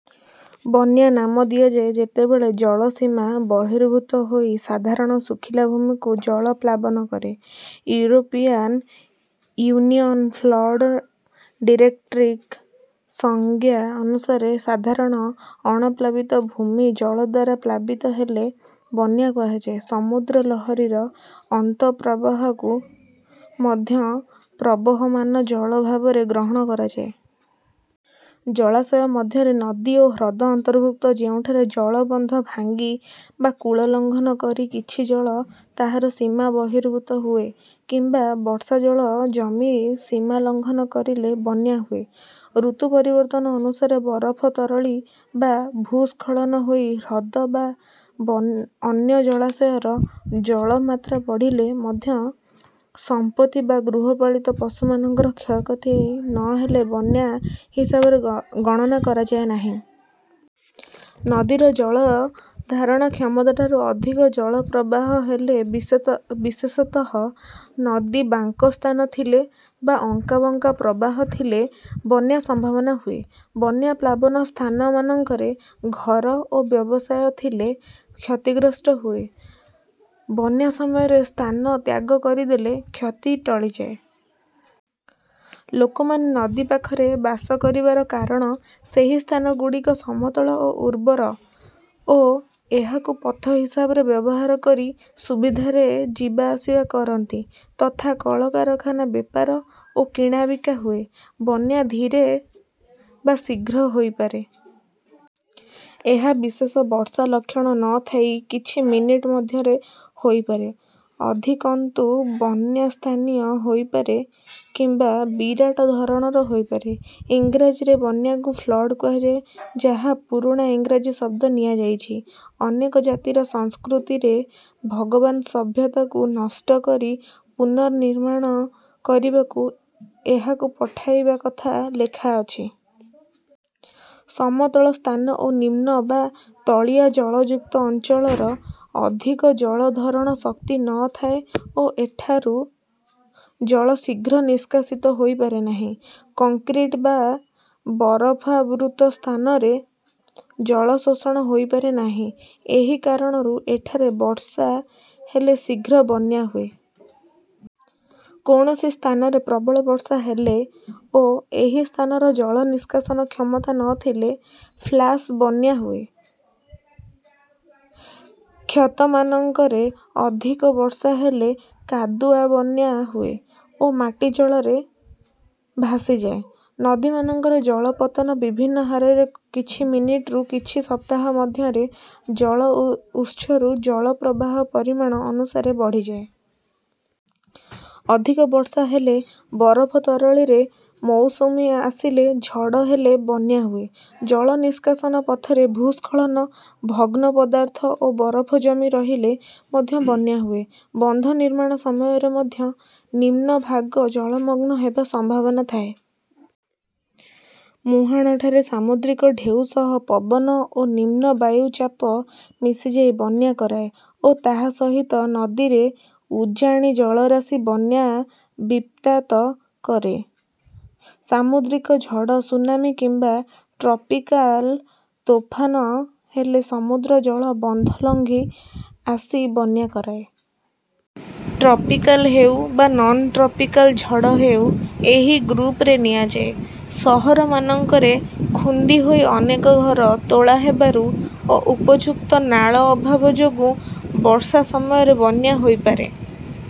ବନ୍ୟା ନାମ ଦିଆଯାଏ ଯେତେବେଳେ ଜଳ ସୀମା ବହିର୍ଭୁତ ହୋଇ ସାଧାରଣ ଶୁଖିଲା ଭୂମିକୁ ଜଳ ପ୍ଲାବନ କରେ। ୟୁରୋପିଆନ୍ ୟୁନିଅନ୍ ଫ୍ଲଡ଼ ଡିରେଟ୍ରିକ ସଂଜ୍ଞା ଅନୁସାରେ ସାଧାରଣ ଅଣପ୍ଳାବିତ ଭୂମି ଜଳଦ୍ୱାରା ପ୍ଲାବିତ ହେଲେ ବନ୍ୟା କୁହାଯାଏ। ସମୁଦ୍ର ଲହରୀର ଅନ୍ତଃପ୍ରହାହକୁ ମଧ୍ୟ ପ୍ରବହମାନ ଜଳ ଭାବରେ ଗ୍ରହଣ କରାଯାଏ। ଜଳାଶୟ ମଧ୍ୟରେ ନଦୀ ଓ ହ୍ରଦ ଅନ୍ତର୍ଭୁକ୍ତ ଯେଉଁଠାରେ ଜଳ ବନ୍ଧ ଭାଙ୍ଗି ବା କୂଳ ଲଙ୍ଘନ କରି କିଛି ଜଳ ତାହାର ସୀମା ବହିର୍ଭୁତ ହୁଏ କିମ୍ବା ବର୍ଷା ଜଳ ଜମି ସୀମା ଲଙ୍ଘନ କରିଲେ ବନ୍ୟା ହୁଏ। ଋତୁ ପରିବର୍ତ୍ତନ ଅନୁସାରେ ବରଫ ତରଳି ବା ଭୂସ୍ଖଳନ ହୋଇ ହ୍ରଦ ବା ଅନ୍ୟ ଜଳାଶୟର ଜଳ ମାତ୍ରା ବଢ଼ିଲେ ମଧ୍ୟ ସମ୍ପତ୍ତି ବା ଗୃହପାଳିତ ପଶୁମାନଙ୍କର କ୍ଷୟକ୍ଷତି ନ ହେଲେ ବନ୍ୟା ହିସାବରେ ଗଣନା କରାଯାଏ ନାହିଁ। ନଦୀର ଜଳ ଧାରଣ କ୍ଷମତାଠାରୁ ଅଧିକ ଜଳ ପ୍ରବାହ ହେଲେ ବିଶେଷତଃ ନଦୀ ବାଙ୍କ ସ୍ଥାନ ଥିଲେ ବା ଅଙ୍କାବଙ୍କା ପ୍ରବାହ ଥିଲେ ବନ୍ୟା ସମ୍ଭାବନା ହୁଏ। ବନ୍ୟା ପ୍ଳାବନ ସ୍ଥାନମାନଙ୍କରେ ଘର ଓ ବ୍ୟବସାୟ ଥିଲେ କ୍ଷତିଗ୍ରସ୍ତ ହୁଏ। ବନ୍ୟା ସମୟରେ ସ୍ଥାନ ତ୍ୟାଗ କରିଦେଲେ କ୍ଷତି ଟଳିଯାଏ। ଲୋକମାନେ ନଦୀ ପାଖରେ ବାସ କରିବାର କାରଣ ସେହି ସ୍ଥାନ ଗୁଡ଼ିକ ସମତଳ ଓ ଉର୍ବର ଓ ଏହାକୁ ପଥ ହିସାବରେ ବ୍ୟବହାର କରି ସୁବିଧାରେ ଯିବା ଆସିବା କରନ୍ତି ତଥା କଳକାରଖାନା ବେପାର ଓ କିଣାବିକା ହୁଏ। ବନ୍ୟା ଧୀରେ ବା ଶୀଘ୍ର ହୋଇପାରେ। ଏହା ବିଶେଷ ବର୍ଷା ଲକ୍ଷଣ ନ ଥାଇ କିଛି ମିନିଟ ମଧ୍ୟରେ ହୋଇପାରେ। ଅଧିକନ୍ତୁ ବନ୍ୟା ସ୍ଥାନୀୟ ହୋଇପାରେ କିମ୍ବା ବିରାଟ ଧରଣର ହୋଇପାରେ। ଇଂରାଜୀରେ ବନ୍ୟାକୁ ଫ୍ଲଡ଼୍ କୁହାଯାଏ ଯାହା ପୁରୁଣା ଇଂରାଜୀ ଶବ୍ଦ ନିଆଯାଇଛି. ଅନେକ ଜାତିର ସଂସ୍କୃତିରେ ଭଗବାନ ସଭ୍ୟତାକୁ ନଷ୍ଟ କରି ପୁନର୍ନିମାଣ କରିବାକୁ ଏହାକୁ ପଠାଇବା କଥା ଲେଖାଅଛି। ସମତଳ ସ୍ଥାନ ଓ ନିମ୍ନ ବା ତଳିଆ ଜଳଯୁକ୍ତ ଅଞ୍ଚଳର ଅଧିକ ଜଳ ଧାରଣ ଶକ୍ତି ନ ଥାଏ ଓ ଏଠାରୁ ଜଳ ଶୀଘ୍ର ନିଷ୍କାସିତ ହୋଇ ପାରେନାହିଁ। କଙ୍କ୍ରିଟ୍ ଓ ବରଫାବୃତ ସ୍ଥାନରେ ଜଳ ଶୋଷଣ ହୋଇପାରେ ନାହିଁ। ଏହି କାରଣରୁ ଏଠାରେ ବର୍ଷା ହେଲେ ଶିଘ୍ର ବନ୍ୟା ହୁଏ। କୌଣସି ସ୍ଥାନରେ ପ୍ରବଳ ବର୍ଷା ହେଲେ ଓ ଏହି ସ୍ଥାନର ଜଳ ନିଷ୍କାସନ କ୍ଷମତା ନ ଥିଲେ ଫ୍ଲାସ ବନ୍ୟା ହୁଏ। କ୍ଷେତମାନଙ୍କରେ ଅଧିକ ବର୍ଷା ହେଲେ କାଦୁଆ ବନ୍ୟା ହୁଏ ଓ ମାଟି ଜଳରେ ଭାଷିଯାଏ। ନଦୀମାନଙ୍କରେ ଜଳ ପତନ ବିଭିନ୍ନ ହାରରେ କିଛି ମିନିଟରୁ କିଛି ସପ୍ତାହ ମଧ୍ୟରେ ଜଳ ଉତ୍ସରୁ ଜଳ ପ୍ରବାହ ପରିମାଣ ଅନୁସାରେ ବଢ଼ିଯାଏ। ଅଧିକ ବର୍ଷା ହେଲେ ବରଫ ତରଳିଲେ ମୌସୁମୀ ଆସିଲେ ଝଡ଼ ହେଲେ ବନ୍ୟା ହୁଏ। ଜଳ ନିଷ୍କାସନ ପଥରେ ଭୂସ୍ଖଳନ ଭଗ୍ନ ପଦାର୍ଥ ଓ ବରଫ ଜମି ରହିଲେ ମଧ୍ୟ ବନ୍ୟା ହୁଏ। ବନ୍ଧ ନିର୍ମାଣ ସମୟରେ ମଧ୍ୟ ନିମ୍ନ ଭାଗ ଜଳମଗ୍ନ ହେବା ସମ୍ଭାବନା ଥାଏ। ମୁହାଁଣଠାରେ ସାମୁଦ୍ରିକ ଢେଉ ସହ ପବନ ଓ ନିମ୍ନ ବାୟୁ ଚାପ ମିଶିଯାଇ ବନ୍ୟା କରାଏ ଓ ତାହା ସହିତ ନଦୀରେ ଉଜାଣି ଜଳରାଶି ବନ୍ୟା ବିତ୍ପାତ କରେ। ସାମୁଦ୍ରିକ ଝଡ଼ ସୁନାମି କିମ୍ବା ଟ୍ରପିକାଲ ତୋଫାନ ହେଲେ ସମୁଦ୍ର ଜଳ ବନ୍ଧ ଲଙ୍ଘି ଆସି ବନ୍ୟା କରାଏ। ଟ୍ରପିକାଲ ହେଉ ବା ନନ୍ ଟ୍ରପିକାଲ ଝଡ଼ ହେଉ ଏହି ଗୃପରେ ନିଆଯାଏ। ଶହରମାନଙ୍କରେ ଖୁନ୍ଦି ହୋଇ ଅନେକ ଘର ତୋଳାହେବାରୁ ଓ ଉପଯୁକ୍ତ ନାଳ ଅଭାବ ଯୋଗୁ ବର୍ଷା ସମୟରେ ବନ୍ୟା ହୋଇପାରେ।